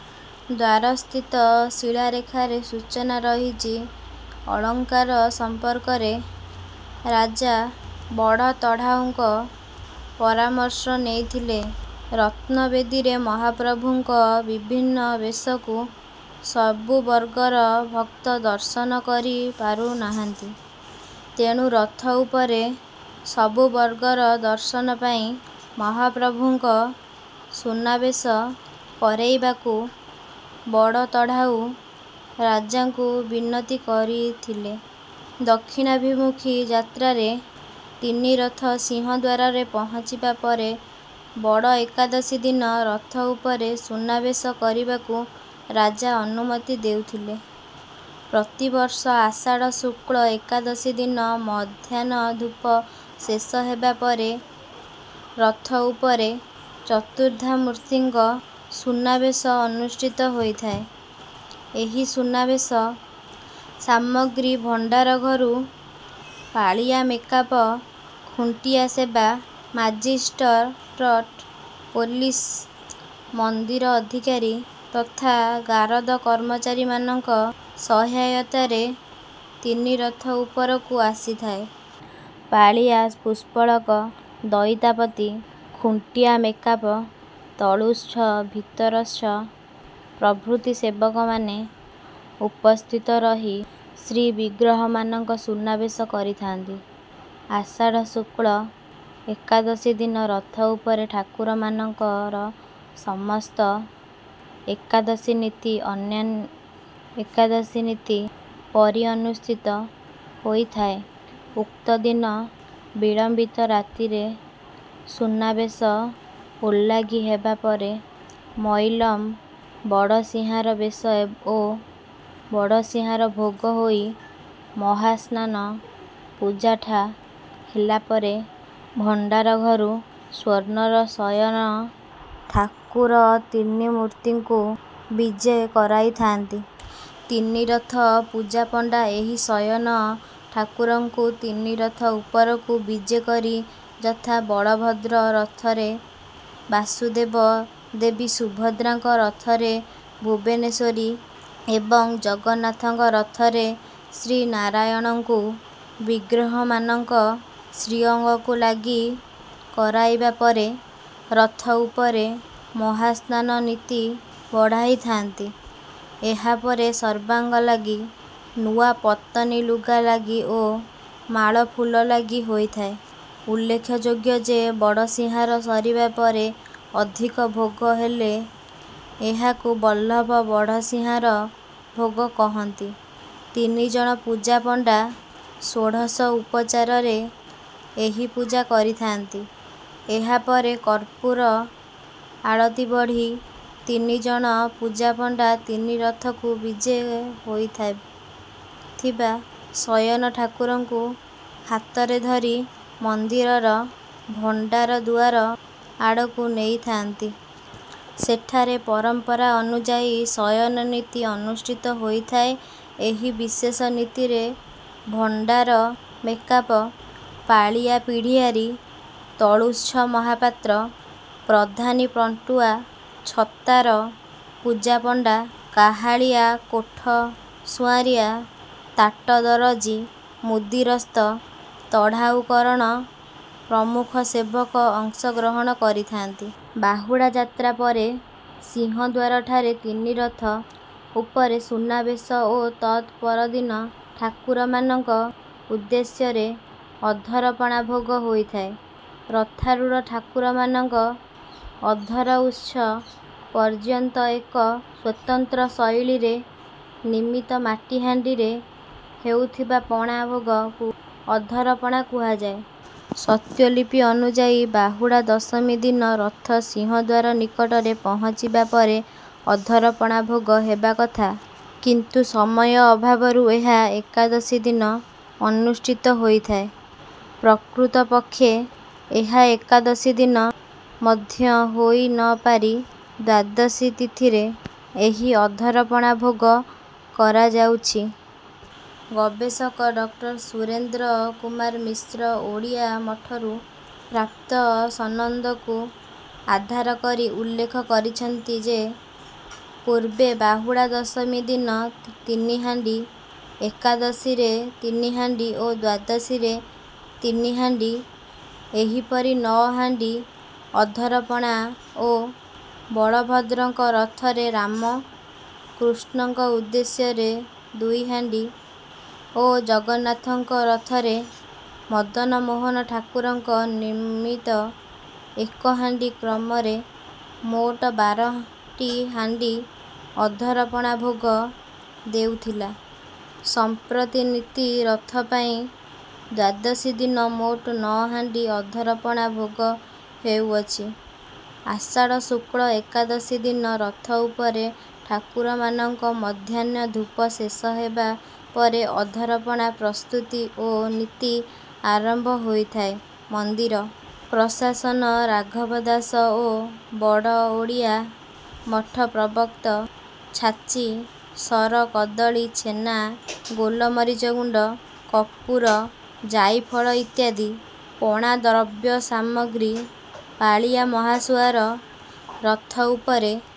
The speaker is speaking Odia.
ଦ୍ୱାରସ୍ଥିତ ଶିଳାଲେଖରେ ସୂଚନା ରହିଛି। ଅଳଙ୍କାର ସମ୍ପର୍କରେ ରାଜା ବଡ଼ତଢ଼ାଉଙ୍କ ପରାମର୍ଶ ନେଇଥିଲେ। ରତ୍ନବେଦିରେ ମହାପ୍ରଭୁଙ୍କ ବିଭିନ୍ନ ବେଶକୁ ସବୁବର୍ଗର ଭକ୍ତ ଦର୍ଶନ କରି ପାରୁନାହାନ୍ତି, ତେଣୁ ରଥ ଉପରେ ସବୁବର୍ଗର ଦର୍ଶନ ପାଇଁ ମହାପ୍ରଭୁଙ୍କ ସୁନାବେଶ କରେଇବାକୁ ବଡ଼ତଢ଼ାଉ ରାଜାଙ୍କୁ ବିନତି କରିଥିଲେ। ଦକ୍ଷିଣାଭିମୁଖୀ ଯାତ୍ରାରେ ତିନି ରଥ ସିଂହଦ୍ୱାରରେ ପହଞ୍ଚିବା ପରେ ବଡ଼ ଏକାଦଶୀ ଦିନ ରଥ ଉପରେ ସୁନାବେଶ କରିବାକୁ ରାଜା ଅନୁମତି ଦେଇଥିଲେ। ପ୍ରତିବର୍ଷ ଆଷାଢ଼ ଶୁକ୍ଳ ଏକାଦଶୀ ଦିନ ମଧ୍ୟାହ୍ନ ଧୂପ ଶେଷ ହେବା ପରେ ରଥ ଉପରେ ଚତୁର୍ଦ୍ଧାମୂର୍ତ୍ତିଙ୍କ ସୁନା ବେଶ ଅନୁଷ୍ଠିତ ହୋଇଥାଏ। ଏହି ସୁନା ବେଶ ସାମଗ୍ରୀ ଭଣ୍ଡାର ଘରୁ ପାଳିଆ ମେକାପ, ଖୁଣ୍ଟିଆ ସେବକ, ମାଜିଷ୍ଟରଟ, ପୋଲିସ, ମନ୍ଦିର ଅଧିକାରୀ ତଥା ଗାରଦ କର୍ମଚାରୀମାନଙ୍କ ସହାୟତାରେ ତିନି ରଥ ଉପରକୁ ଆସିଥାଏ। ପାଳିଆ ପୁଷ୍ପାଳକ, ଦଇତାପତି, ଖୁଣ୍ଟିଆ ମେକାପ, ତଳୁଚ୍ଛ, ଭିତରଚ୍ଛ ପ୍ରଭୃତି ସେବକମାନେ ଉପସ୍ଥିତ ରହି ଶ୍ରୀବିଗ୍ରହମାନଙ୍କ ସୁନାବେଶ କରିଥାନ୍ତି। ଆଷାଢ଼ ଶୁକ୍ଳ ଏକାଦଶୀ ଦିନ ରଥ ଉପରେ ଠାକୁରମାନଙ୍କର ସମସ୍ତ ଏକାଦଶୀ ନୀତି ଅନ୍ୟ ଏକାଦଶୀ ନୀତି ପରି ଅନୁଷ୍ଠିତ ହୋଇଥାଏ। ଉକ୍ତଦିନ ବିଳମ୍ବିତ ରାତ୍ରରେ ସୁନାବେଶ ଓଲାଗି ହେବାପରେ ମଇଲମ, ବଡ଼ସିଂହାର ବେଶ ଓ ବଡ଼ସିଂହାର ଭୋଗ ହୋଇ ମହାସ୍ନାନ, ପୂଜା ଠା' ହେଲା ପରେ ଭଣ୍ଡାର ଘରୁ ସ୍ୱର୍ଣ୍ଣର ଶୟନ ଠାକୁର ତିନି ମୂର୍ତ୍ତିଙ୍କୁ ବିଜେ କରାଇଥାନ୍ତି। ତିନି ରଥ ପୂଜାପଣ୍ଡା ଏହି ଶୟନ ଠାକୁରଙ୍କୁ ତିନି ରଥ ଉପରକୁ ବିଜେ କରି ଯଥା ବଳଭଦ୍ର ରଥରେ ବାସୁଦେବ, ଦେବୀ ସୁଭଦ୍ରାଙ୍କ ରଥରେ ଭୁବନେଶ୍ୱରୀ ଏବଂ ଜଗନ୍ନାଥଙ୍କ ରଥରେ ଶ୍ରୀନାରାୟଣଙ୍କୁ ଶ୍ରୀବିଗ୍ରହମାନଙ୍କ ଶ୍ରୀଅଙ୍ଗକୁ ଲାଗି କରାଇବା ପରେ ରଥ ଉପରେ ମହାସ୍ନାନ ନୀତି ବଢ଼ାଇଥାନ୍ତି। ଏହାପରେ ସର୍ବାଙ୍ଗ ଲାଗି, ନୂଆ ପତନି ଲୁଗା ଲାଗି ଓ ମାଳଫୁଲ ଲାଗି ହୋଇଥାଏ। ଉଲ୍ଲେଖଯୋଗ୍ୟ ଯେ, ବଡ଼ସିଂହାର ସରିବା ପରେ ଅଧିକା ଭୋଗ ହେଲେ ଏହାକୁ ବଲ୍ଲଭ ବଡ଼ସିଂହାର ଭୋଗ କହନ୍ତି। ତିନିଜଣ ପୂଜାପଣ୍ଡା ଷୋଡ଼ଶ ଉପଚାରରେ ଏହି ପୂଜା କରିଥାନ୍ତି। ଏହାପରେ କର୍ପୂର ଆଳତି ବଢ଼ି ତିନିଜଣ ପୂଜାପଣ୍ଡା ତିନି ରଥକୁ ବିଜେ ହୋଇଥିବା ଶୟନ ଠାକୁରଙ୍କୁ ହାତରେ ଧରି ମନ୍ଦିରର ଭଣ୍ଡାର ଦୁଆର ଆଡକୁ ନେଇଥାନ୍ତି। ସେଠାରେ ପରମ୍ପରା ଅନୁଯାୟୀ ଶୟନ ନୀତି ଅନୁଷ୍ଠିତ ହୋଇଥାଏ। ଏହି ବିଶେଷ ନୀତିରେ ଭଣ୍ଡାର ମେକାପ, ପାଳିଆ ପଢ଼ିଆରୀ, ତଳୁଚ୍ଛ ମହାପାତ୍ର, ପ୍ରଧାନୀ, ଘଣ୍ଟୁଆ, ଛତାର, ପୂଜାପଣ୍ଡା, କାହାଳିଆ, କୋଠ ସୁଆଁସିଆ, ତାଟ ଦରଜି, ମୁଦିରସ୍ତ, ତଢ଼ାଉ କରଣ ପ୍ରମୁଖ ସେବକ ଅଂଶ ଗ୍ରହଣ କରିଥାନ୍ତି। ବାହୁଡ଼ା ଯାତ୍ରା ପରେ ସିଂହଦ୍ୱାରଠାରେ ତିନି ରଥ ଉପରେ ସୁନାବେଶ ଓ ତତ୍ ପରଦିନ ଠାକୁରମାନଙ୍କ ଉଦ୍ଦେଶ୍ୟରେ ଅଧର ପଣା ଭୋଗ ହୋଇଥାଏ। ରଥାରୂଢ଼ ଠାକୁରମାନଙ୍କ ଅଧର ଉଚ୍ଚ ପର୍ଯ୍ୟନ୍ତ ଏକ ସ୍ୱତନ୍ତ୍ର ଶୈଳୀରେ ନିର୍ମିତ ମାଟି ହାଣ୍ଡିରେ ହେଉଥିବା ପଣା ଭୋଗ ଅଧର ପଣା କୁହାଯାଏ। ସ୍ୱତ୍ତ୍ୱଲିପି ଅନୁଯାୟୀ ବାହୁଡ଼ା ଦଶମୀ ଦିନ ରଥ ସିଂହଦ୍ୱାର ନିକଟରେ ପହଞ୍ଚିବା ପରେ ଅଧର ପଣା ଭୋଗ ହେବା କଥା। କିନ୍ତୁ ସମୟ ଅଭାବରୁ ଏହା ଏକାଦଶୀ ଦିନ ଅନୁଷ୍ଠିତ ହୋଇଥାଏ। ପ୍ରକୃତ ପକ୍ଷେ ଏହା ଏକାଦଶୀ ଦିନ ମଧ୍ୟ ହୋଇ ନ ପାରି ଦ୍ୱାଦଶୀ ତିଥିରେ ଏହି ଅଧର ପଣା ଭୋଗ କରାଯାଉଛି। ଗବେଷକ ଡଃ ସୁରେନ୍ଦ୍ର କୁମାର ମିଶ୍ର ଓଡ଼ିଆ ମଠରୁ ପ୍ରାପ୍ତ ସନନ୍ଦକୁ ଆଧାର କରି ଉଲ୍ଲେଖ କରିଛନ୍ତି ଯେ, ପୂର୍ବେ ବାହୁଡ଼ା ଦଶମୀ ଦିନ ତିନି ହାଣ୍ଡି, ଏକାଦଶୀରେ ତିନି ହାଣ୍ଡି ଓ ଦ୍ୱାଦଶୀ ଦିନ ରେ ହାଣ୍ଡି ଏହିପରି ନଅ ହାଣ୍ଡି ଅଧର ପଣା ଓ ବଳଭଦ୍ରଙ୍କ ରଥରେ ରାମ, କୃଷ୍ଣଙ୍କ ଉଦ୍ଦେଶ୍ୟରେ ଦୁଇ ହାଣ୍ଡି ଓ ଜଗନ୍ନାଥଙ୍କ ରଥରେ ମଦନମୋହନ ଠାକୁରଙ୍କ ନିମିତ୍ତ ଏକ ହାଣ୍ଡି କ୍ରମରେ ମୋଟ ବାର ଟି ହାଣ୍ଡି ଅଧର ପଣା ଭୋଗ ହେଉଥିଲା। ସମ୍ପ୍ରତି ତିନି ରଥ ପାଇଁ ଦ୍ୱାଦଶୀ ଦିନ ମୋଟ ନଅ ହାଣ୍ଡି ଅଧର ପଣା ଭୋଗ ହେଉଅଛି। ଆଷାଢ଼ ଶୁକ୍ଳ ଏକାଦଶୀ ଦିନ ରଥ ଉପରେ ଠାକୁରମାନଙ୍କ ମଧ୍ୟାହ୍ନ ଧୂପ ଶେଷ ହେବା ପରେ ଅଧର ପଣା ପ୍ରସ୍ତୁତି ଓ ନୀତି ଆରମ୍ଭ ହୋଇଥାଏ। ମନ୍ଦିର ପ୍ରଶାସନ, ରାଘବ ଦାସ ଓ ବଡ଼ ଓଡ଼ିଆ ମଠ ପ୍ରଦତ୍ତ ଛାଚି, ସର, କଦଳୀ, ଛେନା, ଗୋଲମରିଚ ଗୁଣ୍ଡ, କର୍ପୂର, ଜାଇଫଳ ଇତ୍ୟାଦି ପଣା ଦ୍ରବ୍ୟ ସାମଗ୍ରୀ ପାଳିଆ ମହାସୁଆର ରଥ ଉପରେ